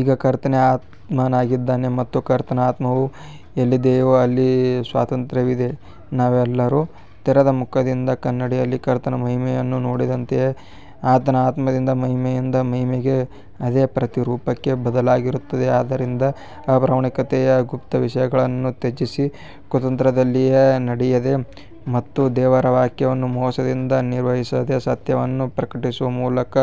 ಈಗ ಕರ್ತನೇ ಆತ್ಮನಾಗಿದ್ದಾನೆ ಮತ್ತು ಕರ್ತನ ಆತ್ಮವು ಎಲ್ಲಿದೆಯೋ ಅಲ್ಲಿ ಸ್ವಾತಂತ್ರ್ಯವಿದೆ. ನಾವೆಲ್ಲರೂ ತೆರೆದ ಮುಖದಿಂದ ಕನ್ನಡಿಯಲ್ಲಿ ಕರ್ತನ ಮಹಿಮೆಯನ್ನು ನೋಡಿದಂತೆ ಆತನ ಆತ್ಮದಿಂದ ಮಹಿಮೆಯಿಂದ ಮಹಿಮೆಗೆ ಅದೇ ಪ್ರತಿರೂಪಕ್ಕೆ ಬದಲಾಗುತ್ತೇವೆ. ಆದ್ದರಿಂದ ಅಪ್ರಾಮಾಣಿಕತೆಯ ಗುಪ್ತ ವಿಷಯಗಳನ್ನು ತ್ಯಜಿಸಿ, ಕುತಂತ್ರದಲ್ಲಿ ನಡೆಯದೆ ಮತ್ತು ದೇವರ ವಾಕ್ಯವನ್ನು ಮೋಸದಿಂದ ನಿರ್ವಹಿಸದೆ, ಸತ್ಯವನ್ನು ಪ್ರಕಟಿಸುವ ಮೂಲಕ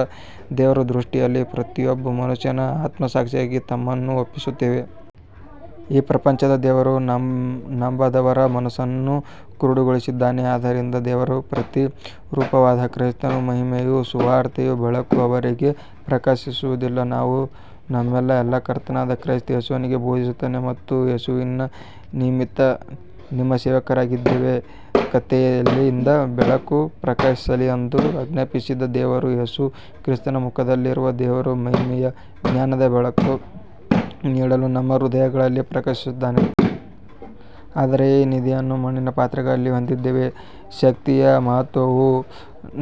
ದೇವರ ದೃಷ್ಟಿಯಲ್ಲಿ ಪ್ರತಿಯೊಬ್ಬ ಮನುಷ್ಯನ ಆತ್ಮಸಾಕ್ಷಿಗೆ ನಮ್ಮನ್ನು ಒಪ್ಪಿಸುತ್ತೇವೆ. ಈ ಪ್ರಪಂಚದ ದೇವರು ನಂಬದವರ ಮನಸ್ಸನ್ನು ಕುರುಡುಗೊಳಿಸಿದ್ದಾನೆ, ಆದ್ದರಿಂದ ದೇವರ ಪ್ರತಿರೂಪವಾದ ಕ್ರಿಸ್ತನ ಮಹಿಮೆಯ ಸುವಾರ್ತೆಯ ಬೆಳಕು ಅವರಿಗೆ ಪ್ರಕಾಶಿಸುವುದಿಲ್ಲ. ನಾವು ನಮ್ಮನ್ನೇ ಅಲ್ಲ, ಕರ್ತನಾದ ಕ್ರಿಸ್ತ ಯೇಸುವನ್ನೇ ಬೋಧಿಸುತ್ತೇವೆ ಮತ್ತು ಯೇಸುವಿನ ನಿಮಿತ್ತ ನಿಮ್ಮ ಸೇವಕರಾಗಿದ್ದೇವೆ. ಕತ್ತಲೆಯಿಂದ ಬೆಳಕು ಪ್ರಕಾಶಿಸಲಿ ಎಂದು ಆಜ್ಞಾಪಿಸಿದ ದೇವರು ಯೇಸು ಕ್ರಿಸ್ತನ ಮುಖದಲ್ಲಿರುವ ದೇವರ ಮಹಿಮೆಯ ಜ್ಞಾನದ ಬೆಳಕನ್ನು ನೀಡಲು ನಮ್ಮ ಹೃದಯಗಳಲ್ಲಿ ಪ್ರಕಾಶಿಸಿದ್ದಾನೆ. ಆದರೆ ಈ ನಿಧಿಯನ್ನು ಮಣ್ಣಿನ ಪಾತ್ರೆಗಳಲ್ಲಿ ಹೊಂದಿದ್ದೇವೆ, ಶಕ್ತಿಯ ಮಹತ್ವವು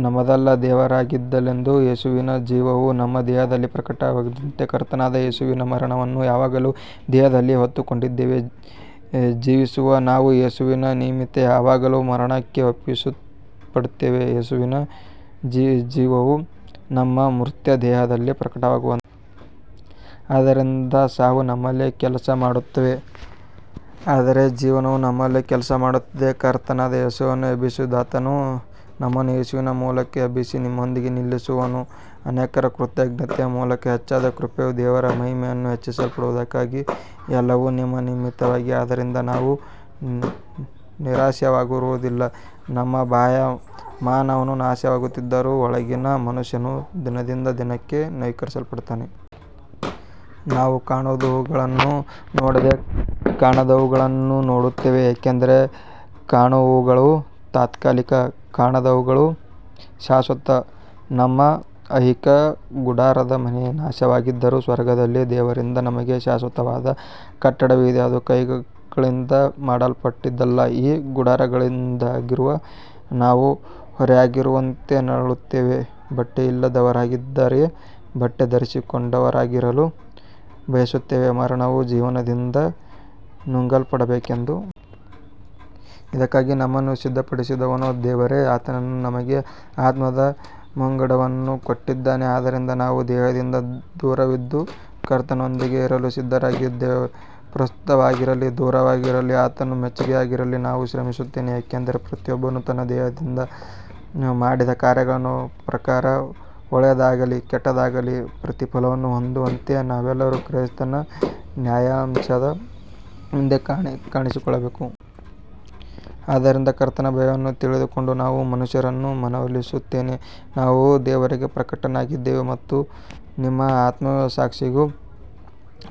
ನಮ್ಮದಲ್ಲ ದೇವರದ್ದಾಗಿರಲೆಂದು. ಯೇಸುವಿನ ಜೀವವು ನಮ್ಮ ದೇಹದಲ್ಲಿ ಪ್ರಕಟವಾಗುವಂತೆ ಕರ್ತನಾದ ಯೇಸುವಿನ ಮರಣವನ್ನು ಯಾವಾಗಲೂ ದೇಹದಲ್ಲಿ ಹೊತ್ತುಕೊಂಡಿದ್ದೇವೆ. ಜೀವಿಸುವ ನಾವು ಯೇಸುವಿನ ನಿಮಿತ್ತ ಯಾವಾಗಲೂ ಮರಣಕ್ಕೆ ಒಪ್ಪಿಸಲ್ಪಡುತ್ತೇವೆ, ಯೇಸುವಿನ ಜೀವವು ನಮ್ಮ ಮರ್ತ್ಯ ದೇಹದಲ್ಲಿ ಪ್ರಕಟವಾಗುವಂತೆ. ಆದ್ದರಿಂದ ಸಾವು ನಮ್ಮಲ್ಲಿ ಕೆಲಸಮಾಡುತ್ತದೆ, ಆದರೆ ಜೀವನವು ನಿಮ್ಮಲ್ಲಿ ಕೆಲಸಮಾಡುತ್ತದೆ. ಕರ್ತನಾದ ಯೇಸುವನ್ನು ಎಬ್ಬಿಸಿದಾತನು ನಮ್ಮನ್ನೂ ಯೇಸುವಿನ ಮೂಲಕ ಎಬ್ಬಿಸಿ ನಿಮ್ಮೊಂದಿಗೆ ನಿಲ್ಲಿಸುವನು. ಅನೇಕರ ಕೃತಜ್ಞತೆಯ ಮೂಲಕ ಹೆಚ್ಚಾದ ಕೃಪೆಯು ದೇವರ ಮಹಿಮೆಯನ್ನು ಹೆಚ್ಚಿಸುವುದಕ್ಕಾಗಿ ಎಲ್ಲವೂ ನಿಮ್ಮ ನಿಮಿತ್ತವಾಗಿದೆ. ಆದ್ದರಿಂದ ನಾವು ನಿರಾಶರಾಗುವುದಿಲ್ಲ. ನಮ್ಮ ಬಾಹ್ಯ ಮನುಷ್ಯನು ನಾಶವಾಗುತ್ತಿದ್ದರೂ ಒಳಗಿನ ಮನುಷ್ಯನು ದಿನದಿಂದ ದಿನಕ್ಕೆ ನವೀಕರಿಸಲ್ಪಡುತ್ತಾನೆ. ನಾವು ಕಾಣುವವುಗಳನ್ನು ನೋಡದೆ ಕಾಣದವುಗಳನ್ನು ನೋಡುತ್ತೇವೆ, ಏಕೆಂದರೆ ಕಾಣುವವುಗಳು ತಾತ್ಕಾಲಿಕ, ಕಾಣದವುಗಳು ಶಾಶ್ವತ. ನಮ್ಮ ಐಹಿಕ ಗುಡಾರದ ಮನೆ ನಾಶವಾದರೂ ಸ್ವರ್ಗದಲ್ಲಿ ದೇವರಿಂದ ನಮಗೆ ಶಾಶ್ವತವಾದ ಕಟ್ಟಡವಿದೆ, ಅದು ಕೈಗಳಿಂದ ಮಾಡಲ್ಪಟ್ಟದ್ದಲ್ಲ. ಈ ಗುಡಾರದಲ್ಲಿರುವ ನಾವು ಹೊರೆಯಾಗಿರುವಂತೆ ನರಳುತ್ತೇವೆ, ಬಟ್ಟೆಯಿಲ್ಲದವರಾಗಿರದೆ ಬಟ್ಟೆ ಧರಿಸಿಕೊಂಡವರಾಗಿರಲು ಬಯಸುತ್ತೇವೆ, ಮರಣವು ಜೀವನದಿಂದ ನುಂಗಲ್ಪಡಬೇಕೆಂದು. ಇದಕ್ಕಾಗಿ ನಮ್ಮನ್ನು ಸಿದ್ಧಪಡಿಸಿದವನು ದೇವರೇ, ಆತನು ನಮಗೆ ಆತ್ಮದ ಮುಂಗಡವನ್ನು ಕೊಟ್ಟಿದ್ದಾನೆ. ಆದ್ದರಿಂದ ನಾವು ದೇಹದಿಂದ ದೂರವಿದ್ದು ಕರ್ತನೊಂದಿಗೆ ಇರಲು ಸಿದ್ಧರಾಗಿದ್ದೇವೆ. ಪ್ರಸ್ತುತವಾಗಿರಲಿ ದೂರವಾಗಿರಲಿ, ಆತನಿಗೆ ಮೆಚ್ಚಿಗೆಯಾಗಿರಲು ನಾವು ಶ್ರಮಿಸುತ್ತೇವೆ. ಏಕೆಂದರೆ ಪ್ರತಿಯೊಬ್ಬನು ತನ್ನ ದೇಹದಲ್ಲಿ ಮಾಡಿದ ಕಾರ್ಯಗಳ ಪ್ರಕಾರ, ಒಳ್ಳೆಯದಾಗಲಿ ಕೆಟ್ಟದಾಗಲಿ, ಪ್ರತಿಫಲವನ್ನು ಹೊಂದುವಂತೆ ನಾವೆಲ್ಲರೂ ಕ್ರಿಸ್ತನ ನ್ಯಾಯಾಸನದ ಮುಂದೆ ಕಾಣಿಸಿಕೊಳ್ಳಬೇಕು. ಆದ್ದರಿಂದ ಕರ್ತನ ಭಯವನ್ನು ತಿಳಿದುಕೊಂಡು ನಾವು ಮನುಷ್ಯರನ್ನು ಮನವೊಲಿಸುತ್ತೇವೆ. ನಾವು ದೇವರಿಗೆ ಪ್ರಕಟವಾಗಿದ್ದೇವೆ ಮತ್ತು ನಿಮ್ಮ ಆತ್ಮಸಾಕ್ಷಿಗೂ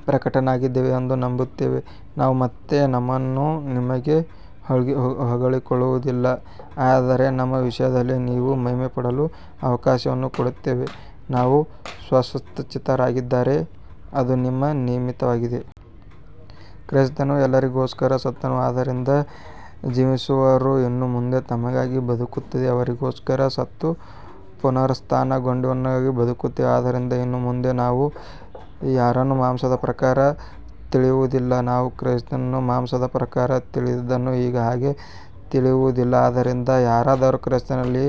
ಪ್ರಕಟವಾಗಿದ್ದೇವೆ ಎಂದು ನಂಬುತ್ತೇನೆ. ನಾವು ಮತ್ತೆ ನಮ್ಮನ್ನು ನಿಮಗೆ ಹೊಗಳಿಕೊಳ್ಳುವುದಿಲ್ಲ, ಆದರೆ ನಮ್ಮ ವಿಷಯದಲ್ಲಿ ನೀವು ಮಹಿಮೆಪಡಲು ಅವಕಾಶವನ್ನು ಕೊಡುತ್ತೇವೆ. ನಾವು ಸ್ವಸ್ಥಚಿತ್ತರಾಗಿದ್ದರೆ ಅದು ನಿಮ್ಮ ನಿಮಿತ್ತವಾಗಿದೆ. ಕ್ರಿಸ್ತನು ಎಲ್ಲರಿಗೋಸ್ಕರ ಸತ್ತನು, ಆದ್ದರಿಂದ ಜೀವಿಸುವವರು ಇನ್ನು ಮುಂದೆ ತಮಗಾಗಿ ಬದುಕದೆ, ಅವರಿಗೋಸ್ಕರ ಸತ್ತು ಪುನರುತ್ಥಾನಗೊಂಡವನಿಗಾಗಿ ಬದುಕಬೇಕು. ಆದ್ದರಿಂದ ಇನ್ನು ಮುಂದೆ ನಾವು ಯಾರನ್ನೂ ಮಾಂಸದ ಪ್ರಕಾರ ತಿಳಿಯುವುದಿಲ್ಲ. ನಾವು ಕ್ರಿಸ್ತನನ್ನು ಮಾಂಸದ ಪ್ರಕಾರ ತಿಳಿದಿದ್ದರೂ ಈಗ ಹಾಗೆ ತಿಳಿಯುವುದಿಲ್ಲ. ಆದ್ದರಿಂದ ಯಾರಾದರೂ ಕ್ರಿಸ್ತನಲ್ಲಿ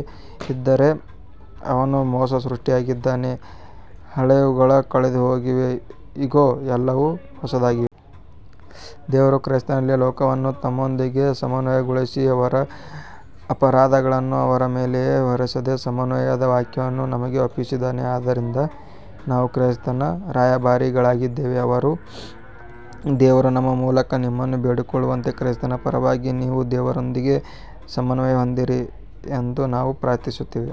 ಇದ್ದರೆ ಅವನು ಹೊಸ ಸೃಷ್ಟಿಯಾಗಿದ್ದಾನೆ, ಹಳೆಯವುಗಳು ಕಳೆದುಹೋಗಿವೆ, ಇಗೋ ಎಲ್ಲವೂ ಹೊಸದಾಗಿವೆ. ದೇವರು ಕ್ರಿಸ್ತನಲ್ಲಿ ಲೋಕವನ್ನು ತನ್ನೊಂದಿಗೆ ಸಮನ್ವಯಗೊಳಿಸಿ, ಅವರ ಅಪರಾಧಗಳನ್ನು ಅವರ ಮೇಲೆ ಹೊರಿಸದೆ ಸಮನ್ವಯದ ವಾಕ್ಯವನ್ನು ನಮಗೆ ಒಪ್ಪಿಸಿದ್ದಾನೆ. ಆದ್ದರಿಂದ ನಾವು ಕ್ರಿಸ್ತನ ರಾಯಭಾರಿಗಳಾಗಿದ್ದೇವೆ. ದೇವರು ನಮ್ಮ ಮೂಲಕ ನಿಮ್ಮನ್ನು ಬೇಡಿಕೊಳ್ಳುವಂತೆ, ಕ್ರಿಸ್ತನ ಪರವಾಗಿ ನೀವು ದೇವರೊಂದಿಗೆ ಸಮನ್ವಯ ಹೊಂದಿರಿ ಎಂದು ನಾವು ಪ್ರಾರ್ಥಿಸುತ್ತೇವೆ.